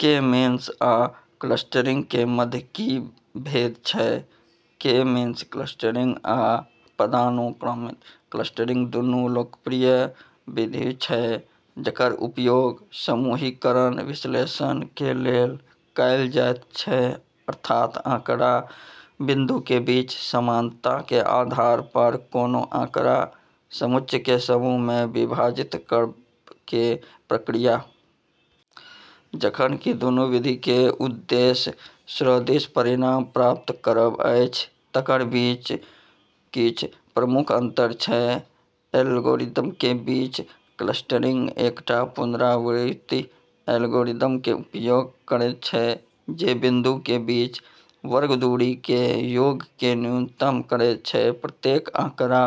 K-means आ clustering के मध्य की भेद छै? के-मीन्स क्लस्टरिंग आ पदानुक्रमित क्लस्टरिंग दुनू लोकप्रिय विधि छै जकर उपयोग समूहीकरण विश्लेषण के लेल कएल जाइत छै, अर्थात आँकड़ा बिंदु के बीच समानता के आधार पर कोनो आँकड़ा-समुच्चय के समूह में विभाजित करब के प्रक्रिया। जखन कि दुनु विधि के उद्देश्य सदृश परिणाम प्राप्त करब अछि, तकर बीच किछु प्रमुख अंतर छै: एल्गोरिथ्म: के-मीन्स क्लस्टरिंग एकटा पुनरावृत्ति एल्गोरिथ्म के उपयोग करैत छै जे बिंदु के बीच वर्ग दूरी के योग के न्यूनतम करैत प्रत्येक आँकड़ा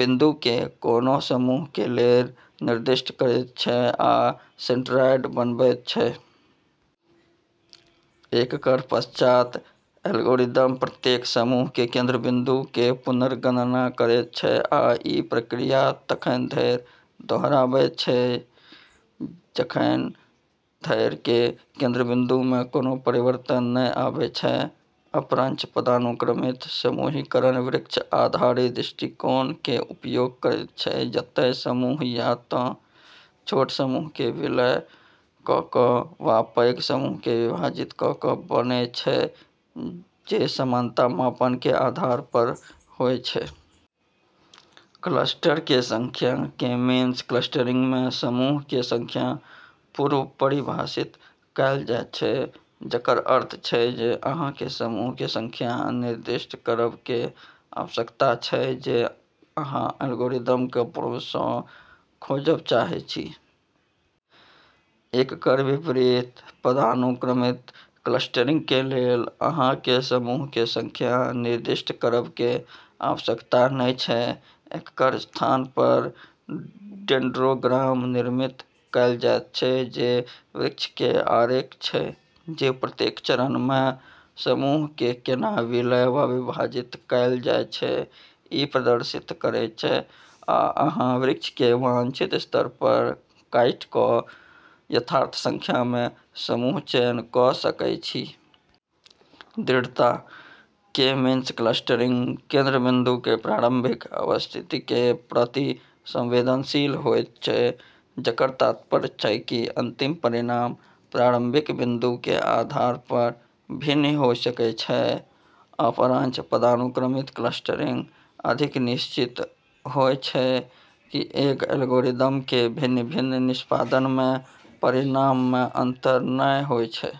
बिंदु के कोनो समूह के लेल निर्दिष्ट करैत छै आ सेंट्रायड बनबैत छै। एककर पश्चात एल्गोरिथ्म प्रत्येक समूह के केंद्रबिंदु के पुनर्गणना करैत छै आ ई प्रक्रिया तखन धरि दोहराबैत छै जखन धरि कि केंद्रबिंदु में कोनो परिवर्तन नहि आबै छै। अपरंच, पदानुक्रमित समूहीकरण वृक्ष आधारित दृष्टिकोण के उपयोग करैत छै, जतय समूह या तँ छोट समूह के विलय क' क' वा पैघ समूहकेँ विभाजित क' क' बनैत छै, जे समानता मापन के आधार पर होइत छै। क्लस्टर के संख्या: के-मीन्स क्लस्टरिंग में, समूह के संख्या पूर्व-परिभाषित कएल जाइत छै, जकर अर्थ छै जे अहाँ के समूह के संख्या निर्दिष्ट करब के आवश्यकता छै जे अहाँ एल्गोरिथ्म के पूर्वहि सँ खोजब चाहै छी। एककर विपरीत, पदानुक्रमित क्लस्टरिंग के लेल अहाँ के समूह के संख्या निर्दिष्ट करब के आवश्यकता नहि छै। एककर स्थान पर डेंड्रोग्राम निर्मित कएल जाइत छै, जे वृक्ष के आरेख छै जे प्रत्येक चरण में समूह के केना विलय वा विभाजित कएल जाइत छै, ई प्रदर्शित करैत छै, आ अहाँ वृक्ष के वांछित स्तर पर काटि कऽ यथार्थ संख्या मे समूह चयन कऽ सकै छी। दृढ़ता: के-मीन्स क्लस्टरिंग केंद्रबिंदु के प्रारंभिक अवस्थिति के प्रति संवेदनशील होइत छै, जकर तात्पर्य छै कि अंतिम परिणाम प्रारंभिक बिंदु के आधार पर भिन्न होय सकै छै। अपरंच, पदानुक्रमित क्लस्टरिंग अधिक निश्चित होइत छै, किएक एल्गोरिथ्म के भिन्न-भिन्न निष्पादन में परिणाम मे अंतर नहि होइत छै।